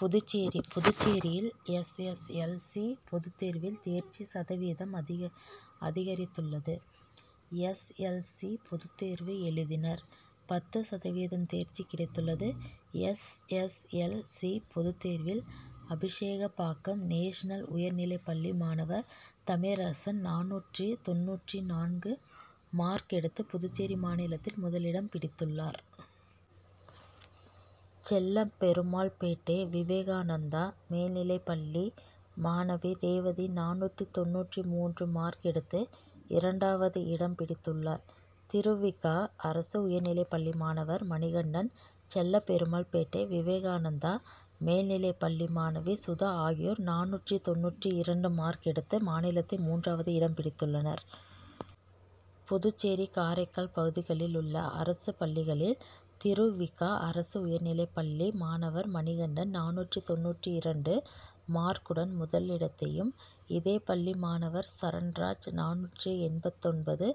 புதுச்சேரி: புதுச்சேரியில் S. S. L. C., பொதுத் தேர்வில் தேர்ச்சி சதவீதம் அதிகரித்துள்ளது. எஸ். எல். சி., பொதுத் தேர்வு எழுதினர். பத்து சதவீதம் தேர்ச்சி கிடைத்துள்ளது. எஸ். எஸ். எல். சி., பொதுத் தேர்வில் அபிஷேகப்பாக்கம் நேஷனல் உயர்நிலைப் பள்ளி மாணவர் தமிழரசன் நானூற்று தொண்ணூற்று நான்கு மார்க் எடுத்து புதுச்சேரி மாநிலத்தில் முதலிடம் பிடித்துள்ளார். செல்லபெருமாள்பேட்டை விவேகானந்தா மேல்நிலைப் பள்ளி மாணவி ரேவதி நானூற்று தொண்ணூற்று மூன்று மார்க் எடுத்து இரண்டாவது இடம் பிடித்துள்ளார். திரு. வி. க., அரசு உயர் நிலைப் பள்ளி மாணவர் மணிகண்டன், செல்லபெருமாள் பேட்டை விவேகானந்தா மேல்நிலைப் பள்ளி மாணவி சுதா ஆகியோர் நானூற்று தொண்ணூற்று இரண்டு மார்க் எடுத்து மாநிலத்தில் மூன்றாவது இடம் பிடித்துள்ளனர். புதுச்சேரி, காரைக்கால் பகுதிகளில் உள்ள அரசு பள்ளிகளில் திரு. வி. க. அரசு உயர்நிலைப் பள்ளி மாணவர் மணிகண்டன் நானூற்று தொண்ணூற்று இரண்டு மார்க்குடன் முதலிடத்தையும், இதேபள்ளி மாணவர் சரண்ராஜ் நானூற்று எண்பத்தொன்பது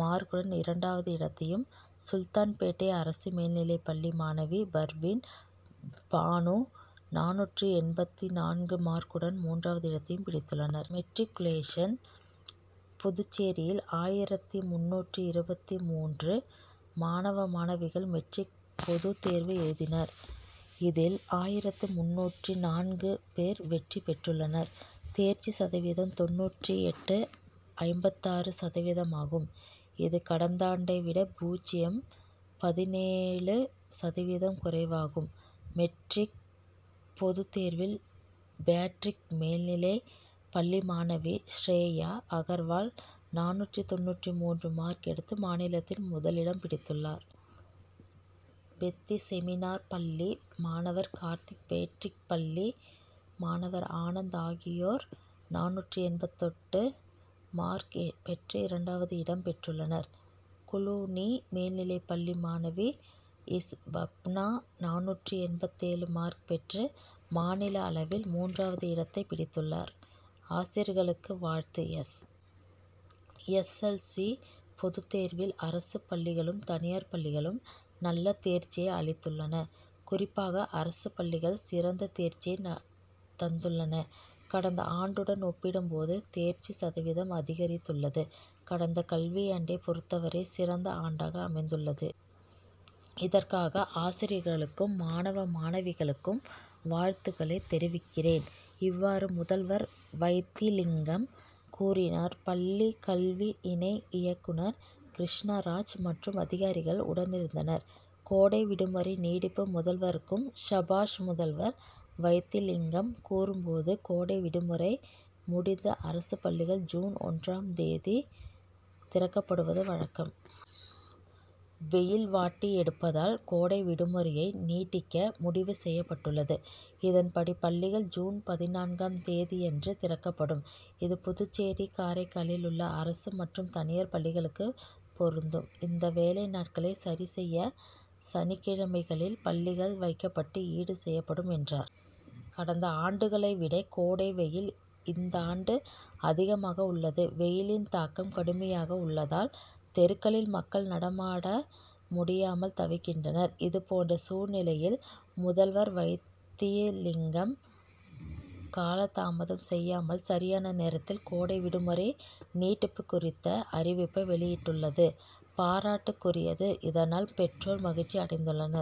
மார்க்குடன் இரண்டாவது இடத்தையும், சுல்தான்பேட்டை அரசு மேல்நிலைப் பள்ளி மாணவி பர்வீன் பானு நானூற்று எண்பத்து நான்கு மார்க்குடன் மூன்றாவது இடத்தையும் பிடித்துள்ளனர். மெட்ரிக்குலேஷன்: புதுச்சேரியில் ஆயிரத்து முந்நூற்று இருபத்து மூன்று மாணவ மாணவிகள் மெட்ரிக் பொதுத் தேர்வு எழுதினர். இதில் ஆயிரத்து முந்நூற்று நான்கு பேர் வெற்றி பெற்றுள்ளனர். தேர்ச்சி சதவீதம் தொண்ணூற்று எட்டு.ஐம்பத்தாறு சதவீதமாகும். இது, கடந்தாண்டைவிட பூஜ்ஜியம். பதினேழு சதவீதம் குறைவாகும். மெட்ரிக் பொதுத் தேர்வில் பேட்ரிக் மேல்நிலைப் பள்ளி மாணவி ஷ்ரேயா அகர்வால் நானூற்று தொண்ணூற்று மூன்று மார்க் எடுத்து மாநிலத்தில் முதலிடம் பிடித்துள்ளார். பெத்திசெமினார் பள்ளி மாணவர் கார்த்திக், பேட்ரிக் பள்ளி மாணவர் ஆனந்த் ஆகியோர் நானூற்று எண்பத்தெட்டு மார்க் பெற்று இரண் டாவது இடம் பெற்றுள்ளனர். குளூனி மேல்நிலைப் பள்ளி மாணவி ஸ்வப்னா, நானூற்று எண்பத்தேழு மார்க் பெற்று மாநில அளவில் மூன் றாவது இடத்தை பிடித்துள்ளார். ஆசிரியர்களுக்கு வாழ்த்து: எஸ். எஸ். எல். சி., பொதுத் தேர் வில் அரசு பள்ளிகளும், தனியார் பள்ளிகளும் நல்ல தேர்ச்சியை அளித்துள்ளன. குறிப் பாக அரசு பள்ளிகள் சிறந்த தேர்ச்சியை தந்துள்ளன. கடந்த ஆண்டுடன் ஒப்பிடும்போது தேர்ச்சி சதவீதம் அதிகரித் துள்ளது. கடந்த கல்வியாண்டை பொருத்தவரை சிறந்த ஆண் டாக அமைந்துள்ளது. இதற் காக ஆசிரியர்களுக்கும், மாணவ மாணவிகளுக்கும் வாழ்த்துக் களை தெரிவிக்கிறேன். இவ்வாறு முதல்வர் வைத்திலிங்கம் கூறினார். பள்ளிக் கல்வி இணை இயக்குனர் கிருஷ்ணராஜ் மற்றும் அதிகாரிகள் உடனிருந்தனர். கோடை விடுமுறை நீடிப்பு முதல்வருக்கு சபாஷ் முதல்வர் வைத்திலிங்கம் கூறும்போது, கோடை விடுமுறை முடிந்து அரசு பள்ளிகள் ஜூன் ஒன்றாம் தேதி திறக்கப்படுவது வழக்கம். வெயில் வாட்டி எடுப்பதால் கோடை விடுமுறையை நீட்டிக்க முடிவு செய்யப்பட்டுள்ளது. இதன்படி பள்ளிகள் ஜூன் பதினான்காம் தேதியன்று திறக்கப்படும். இது புதுச்சேரி, காரைக்காலில் உள்ள அரசு மற்றும் தனியார் பள்ளிகளுக்கு பொருந்தும். இந்த வேலை நாட்களை சரி செய்ய சனிக் கிழமைகளில் பள்ளிகள் வைக்கப்பட்டு ஈடு செய்யப்படும் என்றார். கடந்த ஆண்டுகளைவிட கோடை வெயில் இந்தாண்டு அதிகமாக உள்ளது. வெயிலின் தாக்கம் கடுமையாக உள்ளதால் தெருக்களில் மக்கள் நடமாட முடியாமல் தவிக்கின்றனர். இதுபோன்ற சூழ்நிலையில் முதல்வர் வைத்திலிங்கம், காலதாமதம் செய்யாமல் சரியான நேரத்தில் கோடை விடுமுறை நீட்டிப்பு குறித்த அறிவிப்பை வெளியிட்டுள்ளது பாராட்டுக்குரியது. இதனால் பெற்றோர் மகிழ்ச்சி அடைந்துள்ளனர்.